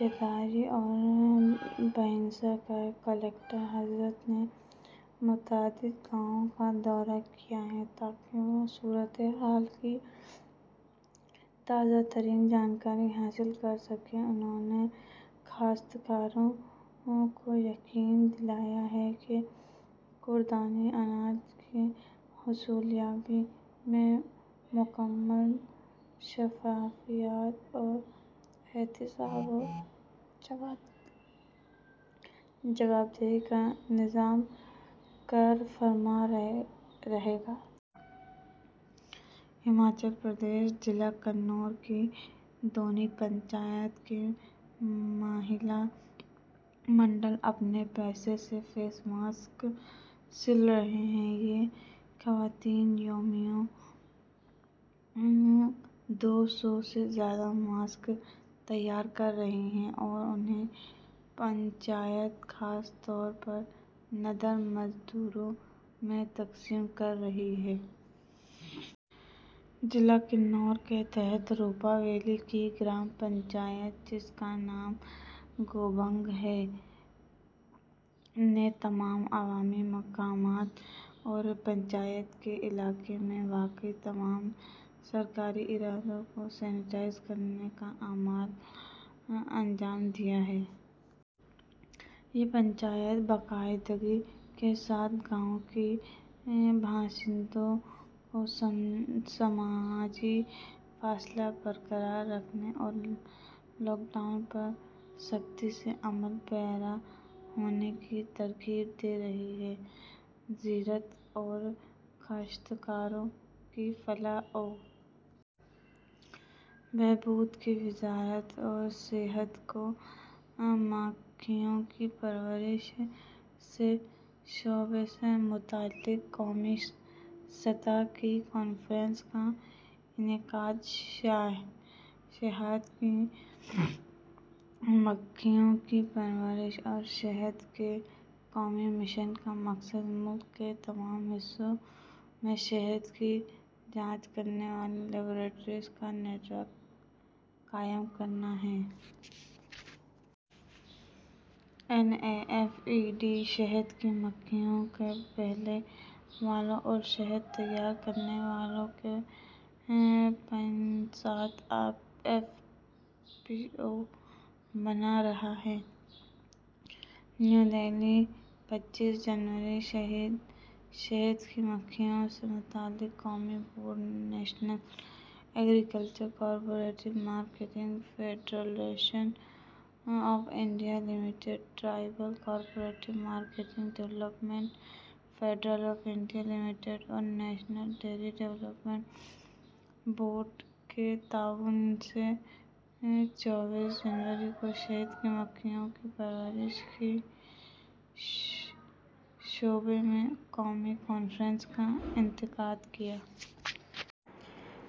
یداری اور بھینسا کے کلکٹر حضرات نے متعدد گاؤں کا دورہ کیا ہے، تاکہ وہ صورتحال کی تازہ ترین جانکاری حاصل کر سکیں۔ انہوں نے کاشتکاروں کو یقین دلایا ہے کہ خوردنی اناج کی حصولیابی میں مکمل شفافیت اور احتساب و جواب دہی کا نظام کارفرما رہے گا۔ ہماچل پردیش: ضلع کنّور کی دُونی پنچایت کے مہیلا منڈل اپنے پیسے سے فیس ماسک سل رہے ہیں۔ یہ خواتین یومیہ دو سو سے زائد ماسک تیار کر رہی ہیں اور انہیں پنچایت، خصوصاً نادار مزدوروں میں تقسیم کر رہی ہیں۔ ضلع کنّور کے تحت روپا ویلی کی گرام پنچایت، جس کا نام گوبانگ ہے، نے تمام عوامی مقامات اور پنچایت کے علاقے میں واقع تمام سرکاری اداروں کو سینیٹائز کرنے کا عمل انجام دیا ہے۔ یہ پنچایت باقاعدگی کے ساتھ گاؤں کے باشندوں کو سماجی فاصلہ برقرار رکھنے اور لاک ڈاؤن پر سختی سے عمل پیرا ہونے کی ترغیب دے رہی ہے۔ زراعت اور کاشتکاروں کی فلاح و بہبود کی وزارت شہد کی مکھیوں کی پرورش کے شعبے سے متعلق قومی سطح کی کانفرنس کا انعقاد شہد کی مکھیوں کی پرورش اور شہد کے قومی مشن کا مقصد ملک کے تمام حصوں میں شہد کی جانچ کرنے والی لیبارٹریوں کا نیٹ ورک قائم کرنا ہے۔ نیفیڈ شہد کی مکھیوں کے پالنے والوں اور شہد تیار کرنے والوں کے پینسٹھ ایف پی او بنا رہا ہے۔ نئی دہلی، پچیس جنوری: شہد کی مکھیوں سے متعلق قومی بورڈ نے national agricultural cooperative marketing federation of India limited, tribal cooperative marketing development federation of India limited اور نیشنل ڈیری ڈیولپمنٹ بورڈ کے تعاون سے چوبیس جنوری کو شہد کی مکھیوں کی پرورش کے شعبے میں قومی کانفرنس کا انعقاد کیا۔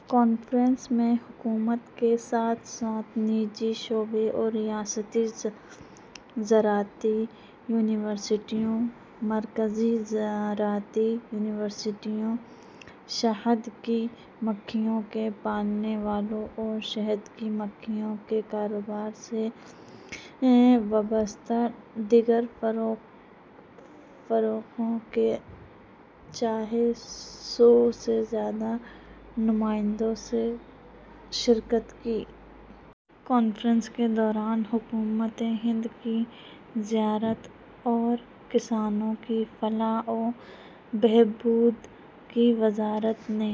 کانفرنس میں حکومت کے ساتھ ساتھ نجی شعبے، ریاستی زرعی یونیورسٹیوں، مرکزی زرعی یونیورسٹیوں، شہد کی مکھیوں کے پالنے والوں اور شہد کی مکھیوں کے کاروبار سے وابستہ دیگر فریقوں کے چھ سو سے زائد مندوبین نے شرکت کی۔ کانفرنس کے دوران حکومتِ ہند کی زراعت اور کسانوں کی فلاح و بہبود کی وزارت نے